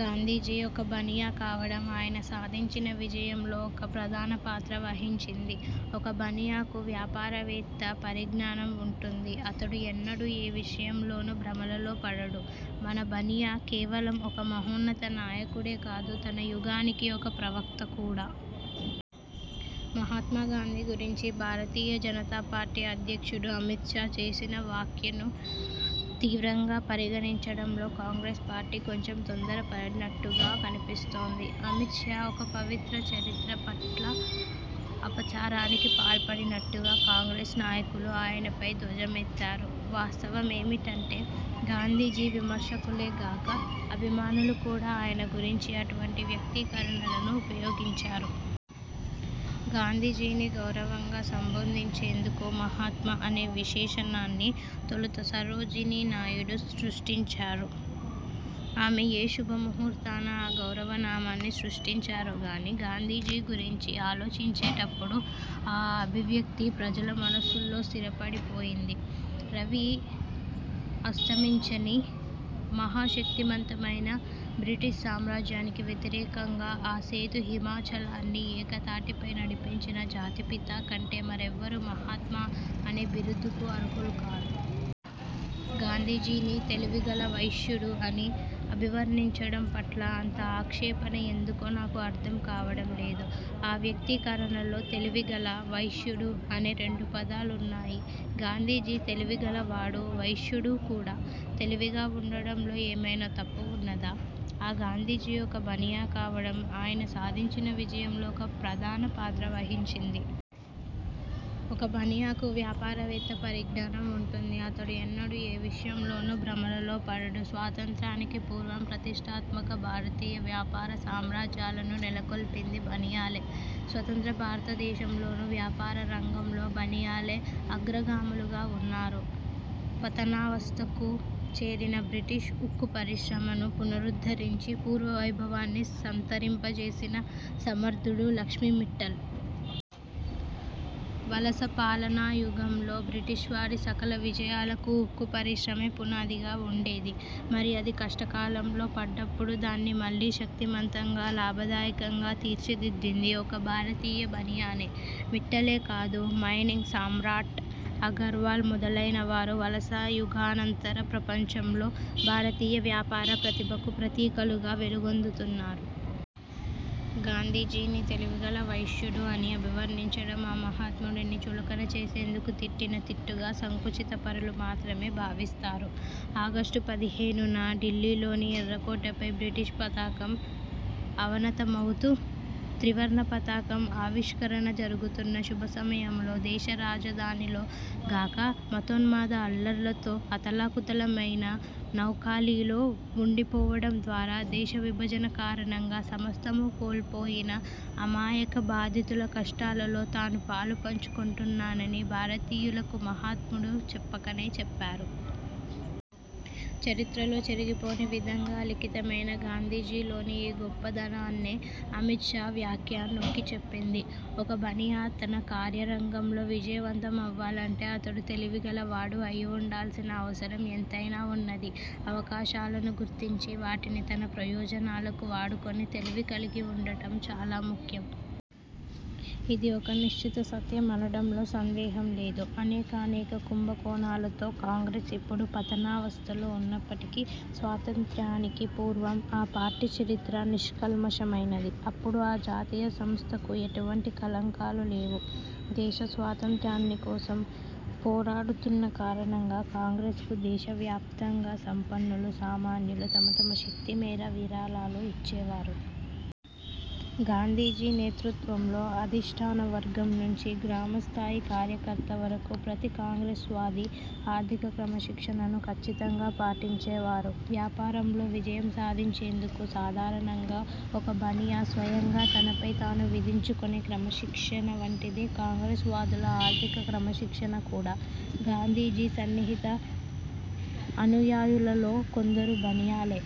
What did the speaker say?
గాంధీజీ ఒక బనియా కావడం ఆయన సాధించిన విజయంలో ఒక ప్రధాన పాత్ర వహించింది. ఒక బనియా కు వ్యాపారవేత్త పరిజ్ఞానం వుంటుంది అతడు ఎన్నడూ ఏ విషయంలోనూ భ్రమలలో పడడు. మన 'బనియా' కేవలం ఒక మహోన్నత నాయకుడే కాదు, తన యుగానికి ఒక ప్రవక్త కూడా. మహాత్మా గాంధీ గురించి భారతీయ జనతా పార్టీ అధ్యక్షుడు అమిత్ షా చేసిన వ్యాఖ్య ను తీవ్రంగా పరిగణించడంలో కాంగ్రెస్ పార్టీ కొంచెం తొందరపడినట్టుగా కన్పిస్తోంది. అమిత్ షా ఒక పవిత్ర చరిత్ర పట్ల అపచారానికి పాల్పడినట్టుగా కాంగ్రెస్ నాయకులు ఆయనపై ధ్వజమెత్తారు. వాస్తవమేమిటంటే గాంధీజీ విమర్శకులే గాక అభిమానులు కూడా ఆయన గురించి అటువంటి వ్యక్తీకరణలను ఉపయోగించారు. గాంధీజీని గౌరవంగా సంబోధించేందుకు 'మహాత్మా' అనే విశేషణాన్ని తొలుత సరోజినీ నాయుడు సృష్టించారు. ఆమె ఏ శుభముహూర్తాన ఆ గౌరవ నామాన్ని సృష్టించారో గానీ, గాంధీజీ గురించి ఆలోచించేటప్పుడు ఆ అభివ్యక్తి ప్రజల మనస్సుల్లో స్థిరపడిపోయింది. రవి అస్తమించని, మహాశక్తిమంతమైన బ్రిటిష్ సామ్రాజ్యానికి వ్యతిరేకంగా ఆసేతు హిమచలాన్ని ఏక తాటిపై నడిపించిన 'జాతిపిత' కంటే మరెవ్వరూ 'మహాత్మా'అనే బిరుదుకు అర్హులు కారు. గాంధీజీని 'తెలివిగల వైశ్యుడు' అని అభివర్ణించడం పట్ల అంత ఆక్షేపణ ఎందుకో నాకు అర్థం కావడం లేదు. ఆ వ్యక్తీకరణలో 'తెలివిగల', 'వైశ్యుడు' అనే రెండు పదాలున్నాయి. గాంధీజీ తెలివిగల వాడూ, వైశ్యుడూ కూడా. తెలివిగా వుండడంలో ఏమైనా తప్పు వున్నదా? ఆ గాంధీజీ ఒక బనియా కావడం, ఆయన సాధించిన విజయంలో ఒక ప్రధాన పాత్ర వహించింది. ఒక బనియా కు వ్యాపారవేత్త పరిజ్ఞానం వుంటుంది అతడు ఎన్నడూ ఏ విషయంలోనూ భ్రమలలో పడడు. స్వాతంత్యానికి పూర్వం ప్రతిష్ఠాత్మక భారతీయ వ్యాపార సామ్రాజ్యాలను నెలకొల్పింది బనియాలే. స్వతంత్ర భారతదేశంలోనూ వ్యాపార రంగంలో బనియాలే అగ్రగాములుగా వున్నారు. పతనావస్థకు చేరిన బ్రిటిష్ ఉక్కు పరిశ్రమను పునరుద్ధరించి పూర్వ వైభవాన్ని సంతరింపచేసిన సమర్థుడు లక్ష్మీ మిట్టల్. వలస పాలనాయుగంలో బ్రిటిష్వారి సకల విజయాలకు ఉక్కు పరిశ్రమే పునాదిగా వుండేది. మరి అది కష్టకాలంలో పడ్డప్పుడు దాన్ని మళ్ళీ శక్తిమంతంగా, లాభదాయకంగా తీర్చిదిద్దింది ఒక భారతీయ బనియానే. మిట్టలే కాదు, మైనింగ్ సమ్రాట్ అగర్వాల్ మొదలైన వారు వలస యుగానంతర ప్రపంచంలో భారతీయ వ్యాపార ప్రతిభకు ప్రతీకలుగా వెలుగొందుతున్నారు. గాంధీజీని 'తెలివిగల వైశ్యుడు' అని అభివర్ణించడం ఆ మహాత్ముడిని చులకన చేసేందుకు తిట్టిన తిట్టుగా సంకుచిత పరులు మాత్రమే భావిస్తారు. ఆగస్టు పదిహేనున ఢిల్లీలోని ఎర్రకోటపై బ్రిటిష్ పతాకం అవనతమవుతూ, త్రివర్ణ పతాకం ఆవిష్కరణ జరుగుతున్న శుభ సమయంలో దేశరాజధానిలో గాక మతోన్మాద అల్లర్లతో అతలాకుతలమయిన నౌఖాళీ లో వుండిపోవడం ద్వారా దేశవిభజన కారణంగా సమస్తమూ కోల్పోయిన అమాయక బాధితుల కష్టాలలో తాను పాలు పంచుకొంటున్నానని భారతీయులకు మహాత్ముడు చెప్పకనే చెప్పారు. చరిత్రలో చెరిగిపోని విధంగా లిఖితమైన గాంధీజీలోని ఈ గొప్పదనాన్నే అమిత్ షా వ్యాఖ్య నొక్కి చెప్పింది. ఒక బనియా తన కార్యరంగంలో విజయవంతమవ్వాలంటే అతడు 'తెలివిగల వాడు' అయివుండాల్సిన అవసరం ఎంతైనా వున్నది. అవకాశాలను గుర్తించి, వాటిని తన ప్రయోజనాలకు వాడుకొనే తెలివి కలిగివుండటం చాలా ముఖ్యం. ఇది ఒక నిశ్చిత సత్యం అనడంలో సందేహం లేదు. అనేకానేక కుంభకోణాలతో కాంగ్రెస్ ఇప్పుడు పతనావస్థలో ఉన్నప్పటికీ స్వాతంత్య్రానికి పూర్వం ఆ పార్టీ చరిత్ర నిష్కల్మషమైనది. అప్పుడు ఆ జాతీయ సంస్థకు ఎటువంటి కళంకాలు లేవు. దేశ స్వాతంత్య్రాని కోసం పోరాడుతున్న కారణంగా కాంగ్రెస్కు దేశవ్యాప్తంగా సంపన్నులు, సామాన్యులు తమ తమ శక్తి మేర విరాళాలు ఇచ్చేవారు. గాంధీజీ నేతృత్వంలో, అధిష్ఠాన వర్గం నుంచి గ్రామ స్థాయి కార్యకర్త వరకు ప్రతి కాంగ్రెస్వాదీ ఆర్థిక క్రమశిక్షణను ఖచ్చితంగా పాటించేవారు. వ్యాపారంలో విజయం సాధించేందుకు సాధారణంగా ఒక బనియా స్వయంగా తనపై తాను విధించుకొనే క్రమశిక్షణ వంటిదే కాంగ్రెస్ వాదుల ఆర్థిక క్రమశిక్షణ కూడా. గాంధీజీ సన్నిహిత అనుయాయులలో కొందరు బనియాలే.